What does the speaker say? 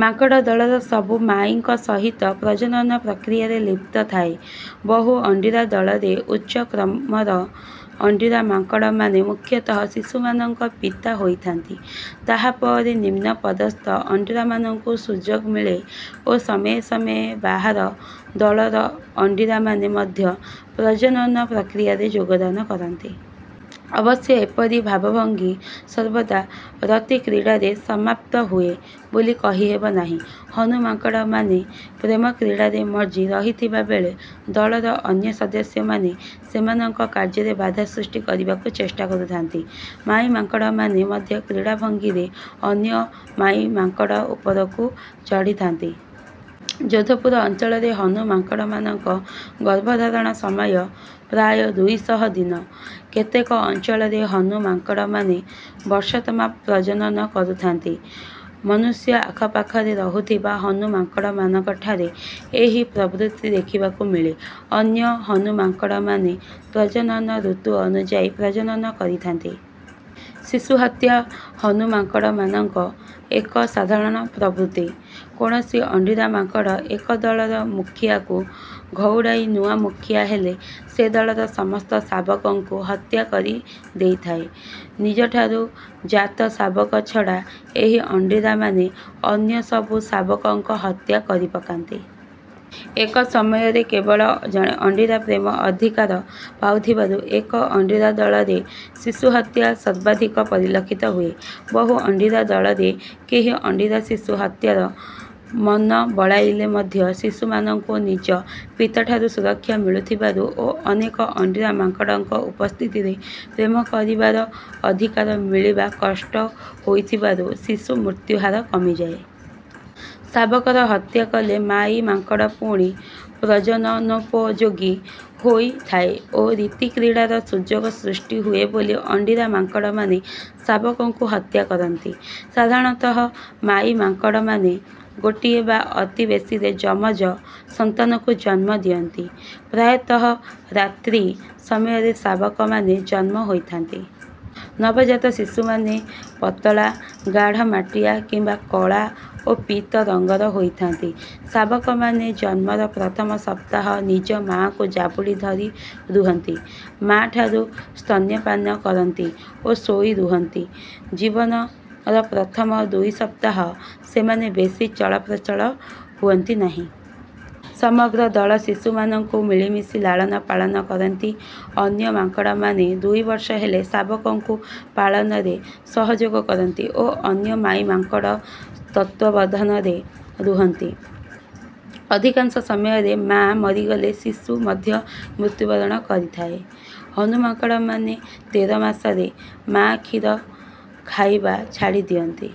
ମାଙ୍କଡ଼ ଦଳର ସବୁ ମାଈଙ୍କ ସହିତ ପ୍ରଜନନ ପ୍ରକ୍ରିୟାରେ ଲିପ୍ତ ଥାଏ। ବହୁଅଣ୍ଡିରା ଦଳରେ ଉଚ୍ଚକ୍ରମର ଅଣ୍ଡିରା ମାଙ୍କଡ଼ମାନେ ମୁଖ୍ୟତଃ ଶିଶୁମାନଙ୍କ ପିତା ହୋଇଥାନ୍ତି, ତାହା ପରେ ନିମ୍ନ ପଦସ୍ଥ ଅଣ୍ଡିରାମାନଙ୍କୁ ସୁଯୋଗ ମିଳେ ଓ ସମୟେ ସମୟେ ବାହାର ଦଳର ଅଣ୍ଡିରାମାନେ ମଧ୍ୟ ପ୍ରଜନନ ପ୍ରକ୍ରିୟାରେ ଯୋଗଦାନ କରନ୍ତି। ଅବଶ୍ୟ ଏପରି ଭାବଭଙ୍ଗୀ ସର୍ବଦା ରତିକ୍ରୀଡ଼ାରେ ସମାପ୍ତ ହୁଏ ବୋଲି କହିହେବ ନାହିଁ। ହନୁ ମାଙ୍କଡ଼ମାନେ ପ୍ରେମକ୍ରୀଡ଼ାରେ ମଜ୍ଜି ରହିଥିବା ବେଳେ ଦଳର ଅନ୍ୟ ସଦସ୍ୟମାନେ ସେମାନଙ୍କ କାର୍ଯ୍ୟରେ ବାଧା ସୃଷ୍ଟି କରିବାକୁ ଚେଷ୍ଟା କରୁଥାନ୍ତି। ମାଈ ମାଙ୍କଡ଼ମାନେ ମଧ୍ୟ କ୍ରୀଡ଼ାଭଙ୍ଗୀରେ ଅନ୍ୟ ମାଈ ମାଙ୍କଡ଼ ଉପରକୁ ଚଢ଼ିଥାନ୍ତି। ଯୋଧପୁର ଅଞ୍ଚଳରେ ହନୁ ମାଙ୍କଡ଼ମାନଙ୍କ ଗର୍ଭଧାରଣ ସମୟ ପ୍ରାୟ ଦୁଇ ଶହ ଦିନ। କେତେକ ଅଞ୍ଚଳରେ ହନୁ ମାଙ୍କଡ଼ମାନେ ବର୍ଷ ତମାମ ପ୍ରଜନନ କରୁଥାନ୍ତି। ମନୁଷ୍ୟ ଆଖପାଖରେ ରହୁଥିବା ହନୁ ମାଙ୍କଡ଼ଙ୍କଠାରେ ଏହି ପ୍ରବୃତ୍ତି ଦେଖିବାକୁ ମିଳେ। ଅନ୍ୟ ହନୁ ମାଙ୍କଡ଼ମାନେ ପ୍ରଜନନ ଋତୁ ଅନୁଯାୟୀ ପ୍ରଜନନ କରିଥାନ୍ତି। ଶିଶୁ ହତ୍ୟା ହନୁ ମାଙ୍କଡ଼ମାନଙ୍କ ଏକ ସାଧାରଣ ପ୍ରବୃତ୍ତି। କୌଣସି ଅଣ୍ଡିରା ମାଙ୍କଡ଼ ଏକ ଦଳର ମୁଖିଆକୁ ଘଉଡ଼ାଇ ନୂଆ ମୁଖିଆ ହେଲେ ସେ ଦଳର ସମସ୍ତ ଶାବକଙ୍କୁ ହତ୍ୟା କରିଦେଇଥାଏ। ନିଜଠାରୁ ଜାତ ଶାବକ ଛଡ଼ା ଏହି ଅଣ୍ଡିରାମାନେ ଅନ୍ୟ ସବୁ ଶାବକଙ୍କ ହତ୍ୟା କରିପକାନ୍ତି। ଏକ ସମୟରେ କେବଳ ଜଣେ ଅଣ୍ଡିରା ପ୍ରେମ ଅଧିକାର ପାଉଥିବାରୁ ଏକ ଅଣ୍ଡିରା ଦଳରେ ଶିଶୁ ହତ୍ୟା ସର୍ବାଧିକ ପରିଲକ୍ଷିତ ହୁଏ। ବହୁ ଅଣ୍ଡିରା ଦଳରେ କେହି ଅଣ୍ଡିରା ଶିଶୁ ହତ୍ୟାର ମନ ବଳାଇଲେ ମଧ୍ୟ ଶିଶୁମାନଙ୍କୁ ନିଜ ପିତାଠାରୁ ସୁରକ୍ଷା ମିଳୁଥିବାରୁ ଓ ଅନେକ ଅଣ୍ଡିରା ମାଙ୍କଡ଼ଙ୍କ ଉପସ୍ଥିତିରେ ପ୍ରେମ କରିବାର ଅଧିକାର ମିଳିବା କଷ୍ଟ ହୋଇଥିବାରୁ ଶିଶୁ ମୃତ୍ୟୁ ହାର କମିଯାଏ। ଶାବକର ହତ୍ୟା କଲେ ମାଈ ମାଙ୍କଡ଼ ପୁଣି ପ୍ରଜନନୋପଯୋଗୀ ହୋଇଥାଏ ଓ ରତିକ୍ରୀଡ଼ାର ସୁଯୋଗ ସୃଷ୍ଟି ହୁଏ ବୋଲି ଅଣ୍ଡିରା ମାଙ୍କଡ଼ମାନେ ଶାବକଙ୍କୁ ହତ୍ୟା କରନ୍ତି। ସାଧାରଣତଃ ମାଈ ମାଙ୍କଡ଼ମାନେ ଗୋଟିଏ ବା ଅତି ବେଶୀରେ ଯମଜ ସନ୍ତାନଙ୍କୁ ଜନ୍ମ ଦିଅନ୍ତି। ପ୍ରାୟତଃ ରାତ୍ରି ସମୟରେ ଶାବକମାନେ ଜନ୍ମ ହୋଇଥାନ୍ତି। ନବଜାତ ଶିଶୁମାନେ ପତଳା, ଗାଢ଼ ମାଟିଆ କିମ୍ବା କଳା ଓ ପୀତ ରଙ୍ଗର ହୋଇଥାନ୍ତି। ଶାବକମାନେ ଜନ୍ମର ପ୍ରଥମ ସପ୍ତାହ ନିଜ ମା'କୁ ଜାବୁଡ଼ି ଧରି ରୁହନ୍ତି, ମାଠାରୁ ସ୍ତନ୍ୟପାନ କରନ୍ତି ଓ ଶୋଇ ରୁହନ୍ତି। ଜୀବନର ପ୍ରଥମ ଦୁଇ ସପ୍ତାହ ସେମାନେ ବେଶୀ ଚଳପ୍ରଚଳ ହୁଅନ୍ତି ନାହିଁ। ସମଗ୍ର ଦଳ ଶିଶୁମାନଙ୍କୁ ମିଳିମିଶି ଲାଳନପାଳନ କରନ୍ତି, ଅନ୍ୟ ମାଙ୍କଡ଼ମାନେ ଦୁଇ ବର୍ଷ ହେଲେ ଶାବକଙ୍କୁ ପାଳନରେ ସହଯୋଗ କରନ୍ତି ଓ ଅନ୍ୟ ମାଈ ମାଙ୍କଡ଼ଙ୍କ ତତ୍ତ୍ୱାବଧାନରେ ରୁହନ୍ତି। ଅଧିକାଂଶ ସମୟରେ ମା ମରିଗଲେ ଶିଶୁ ମଧ୍ୟ ମୃତ୍ୟୁବରଣ କରିଥାଏ। ହନୁ ମାଙ୍କଡ଼ମାନେ ତେର ମାସରେ ମା କ୍ଷୀର ଖାଇବା ଛାଡ଼ି ଦିଅନ୍ତି।